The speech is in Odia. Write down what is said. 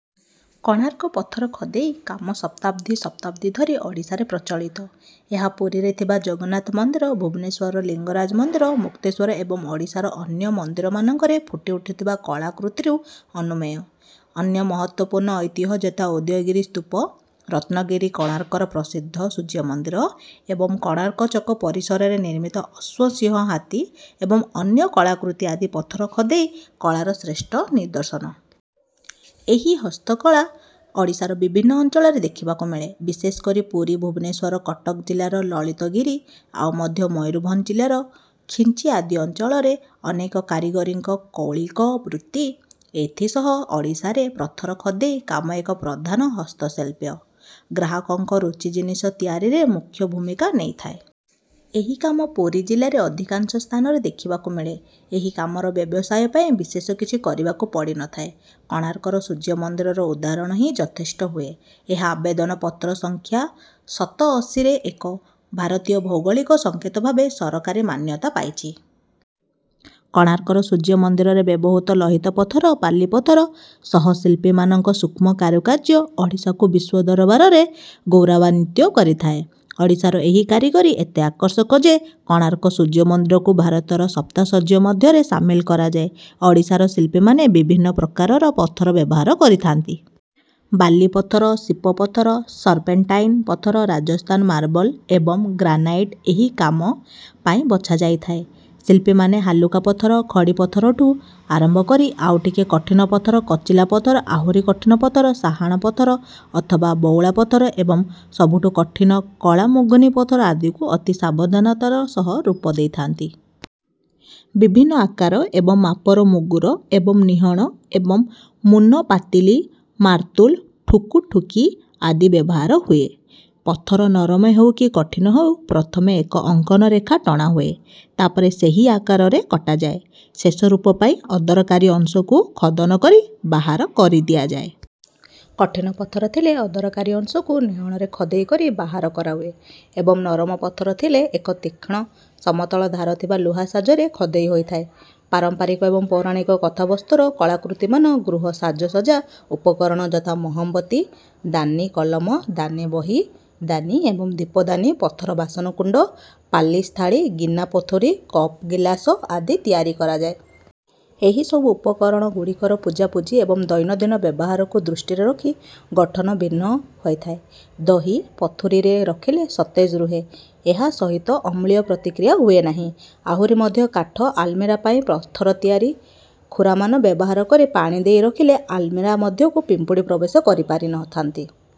କୋଣାର୍କ ପଥର ଖୋଦେଇ କାମ ଶତାବ୍ଦୀ ଶତାବ୍ଦୀ ଧରି ଓଡ଼ିଶାରେ ପ୍ରଚଳିତ। ଏହା ପୁରୀରେ ଥିବା ଜଗନ୍ନାଥ ମନ୍ଦିର ଭୁବନେଶ୍ୱରର ଲିଙ୍ଗରାଜ ମନ୍ଦିର ମୁକ୍ତେଶ୍ୱର ଏବଂ ଓଡ଼ିଶାର ଅନ୍ୟ ମନ୍ଦିରମାନଙ୍କରେ ଫୁଟିଉଠିଥିବା କଳାକୃତିରୁ ଅନୁମେୟ। ଅନ୍ୟ ମହତ୍ତ୍ୱପୂର୍ଣ୍ଣ ଐତିହ୍ୟ ଯଥା ଉଦୟଗିରି ସ୍ତୂପ ରତ୍ନଗିରି କୋଣାର୍କର ପ୍ରସିଦ୍ଧ ସୂର୍ଯ୍ୟମନ୍ଦିର ଏବଂ କୋଣାର୍କ ଚକ ପରିସରରେ ନିର୍ମିତ ଅଶ୍ୱ ସିଂହ ହାତୀ ଏବଂ ଅନ୍ୟ କଳାକୃତି ଆଦି ପଥର ଖୋଦେଇ କଳାର ଶ୍ରେଷ୍ଠ ନିଦର୍ଶନ। ଏହି ହସ୍ତକଳା ଓଡ଼ିଶାର ବିଭିନ୍ନ ଅଞ୍ଚଳରେ ଦେଖିବାକୁ ମିଳେ। ବିଶେଷକରି ପୁରୀ ଭୁବନେଶ୍ୱର କଟକ ଜିଲ୍ଲାର ଲଳିତଗିରି ଆଉ ମଧ୍ୟ ମୟୂରଭଞ୍ଜ ଜିଲ୍ଲାର ଖିଚିଂ ଆଦି ଅଞ୍ଚଳରେ ଅନେକ କାରିଗରଙ୍କ କୌଳିକ ବୃତ୍ତି। ଏଥିସହ ଓଡ଼ିଶାରେ ପଥର ଖୋଦେଇ କାମ ଏକ ପ୍ରଧାନ ହସ୍ତଶିଳ୍ପ। ଗ୍ରାହକଙ୍କ ରୁଚି ଜିନିଷ ତିଆରିରେ ମୁଖ୍ୟ ଭୂମିକା ନେଇଥାଏ। ଏହି କାମ ପୁରୀ ଜିଲ୍ଲାରେ ଅଧିକାଂଶ ସ୍ଥାନରେ ଦେଖିବାକୁ ମିଳେ। ଏହି କାମର ବ୍ୟବସାୟ ପାଇଁ ବିଶେଷ କିଛି କରିବାକୁ ପଡ଼ିନଥାଏ। କୋଣାର୍କର ସୂର୍ଯ୍ୟମନ୍ଦିରର ଉଦାହରଣ ହିଁ ଯଥେଷ୍ଟ ହୁଏ। ଏହା ଆବେଦନ ପତ୍ର ସଂଖ୍ୟା ସତଅଶୀରେ ଏକ ଭାରତୀୟ ଭୌଗୋଳିକ ସଂକେତ ଭାବେ ସରକାରୀ ମାନ୍ୟତା ପାଇଛି। କୋଣାର୍କର ସୂର୍ଯ୍ୟମନ୍ଦିରରେ ବ୍ୟବହୃତ ଲୋହିତ ପଥର ବାଲିପଥର ସହ ଶିଳ୍ପୀମାନଙ୍କ ସୂକ୍ଷ୍ମ କାରୁକାର୍ଯ୍ୟ ଓଡ଼ିଶାକୁ ବିଶ୍ୱ ଦରବାରରେ ଗୌରବାନ୍ୱିତ କରିଥାଏ। ଓଡ଼ିଶାର ଏହି କାରିଗରୀ ଏତେ ଆକର୍ଷକ ଯେ କୋଣାର୍କ ସୂର୍ଯ୍ୟମନ୍ଦିରକୁ ଭାରତର ସପ୍ତାଶ୍ଚର୍ଯ୍ୟ ମଧ୍ୟରେ ସାମିଲ କରାଯାଏ। ଓଡ଼ିଶାର ଶିଳ୍ପୀମାନେ ବିଭିନ୍ନ ପ୍ରକାରର ପଥର ବ୍ୟବହାର କରିଥାନ୍ତି। ବାଲିପଥର ସିପ ପଥର ସର୍ପେଣ୍ଟାଇନ ପଥର ରାଜସ୍ଥାନ ମାର୍ବଲ ଏବଂ ଗ୍ରାନାଇଟ ଏହି କାମ ପାଇଁ ବଛାଯାଇଥାଏ। ଶିଳ୍ପୀମାନେ ହାଲୁକା ପଥର ଖଡ଼ିପଥରଠୁ ଆରମ୍ଭ କରି ଆଉ ଟିକେ କଠିନ ପଥର କୋଚିଲା ପଥର ଆହୁରି କଠିନ ପଥର ସାହାଣ ପଥର ଅଥବା ବଉଳା ପଥର ଏବଂ ସବୁଠୁ କଠିନ କଳା ମୁଗୁନି ପଥର ଆଦିକୁ ଅତି ସାବଧାନତାର ସହ ରୂପ ଦେଇଥାନ୍ତି। ବିଭିନ୍ନ ଆକାର ଏବଂ ମାପର ମୁଗୁର ଏବଂ ନିହଣ ଏବଂ ମୁନ ପାତିଲି ମାର୍ତୁଲ ଠୁକୁ-ଠୁକି ଆଦି ବ୍ୟବହାର ହୁଏ। ପଥର ନରମ ହେଉ କି କଠିନ ହେଉ ପ୍ରଥମେ ଏକ ଅଙ୍କନ ରେଖା ଟଣାହୁଏ। ତାପରେ ସେହି ଆକାରରେ କଟାଯାଏ। ଶେଷ ରୂପ ପାଇଁ ଅଦରକାରୀ ଅଂଶକୁ ଖୋଦନ କରି ବାହାର କରିଦିଆଯାଏ। କଠିନ ପଥର ଥିଲେ ଅଦରକାରୀ ଅଂଶକୁ ନିହଣରେ ଖୋଦେଇ କରି ବାହାର କରାହୁଏ ଏବଂ ନରମ ପଥର ଥିଲେ ଏକ ତୀକ୍ଷ୍ଣ ସମତଳ ଧାର ଥିବା ଲୁହା ସାଜରେ ଖୋଦେଇ ହୋଇଥାଏ। ପାରମ୍ପରିକ ଏବଂ ପୌରାଣିକ କଥାବସ୍ତୁର କଳାକୃତିମାନ ଗୃହସାଜସଜ୍ଜା ଉପକରଣ ଯଥା ମହମବତୀ ଦାନି କଲମ ଦାନି ବହି ଦାନି ଏବଂ ଦୀପଦାନି ପଥର ବାସନ କୁଣ୍ଡ ପାଲିସ ଥାଳି ଗିନା ପଥୁରୀ କପ ଗିଲାସ ଆଦି ତିଆରି କରାଯାଏ। ଏହି ସବୁ ଉପକରଣଗୁଡ଼ିକର ପୂଜାପୂଜି ଏବଂ ଦୈନନ୍ଦିନ ବ୍ୟବହାରକୁ ଦୃଷ୍ଟିରେ ରଖି ଗଠନ ଭିନ୍ନ ହୋଇଥାଏ। ଦହି ପଥୁରୀରେ ରଖିଲେ ସତେଜ ରୁହେ ଏହା ସହିତ ଅମ୍ଳୀୟ ପ୍ରତିକ୍ରିୟା ହୁଏନାହିଁ। ଆହୁରି ମଧ୍ୟ କାଠ ଆଲମିରା ପାଇଁ ପଥର ତିଆରି ଖୁରାମାନ ବ୍ୟବହାର କରି ପାଣି ଦେଇ ରଖିଲେ ଆଲମିରା ମଧ୍ୟକୁ ପିମ୍ପୁଡ଼ି ପ୍ରବେଶ କରିପାରିନଥାନ୍ତି।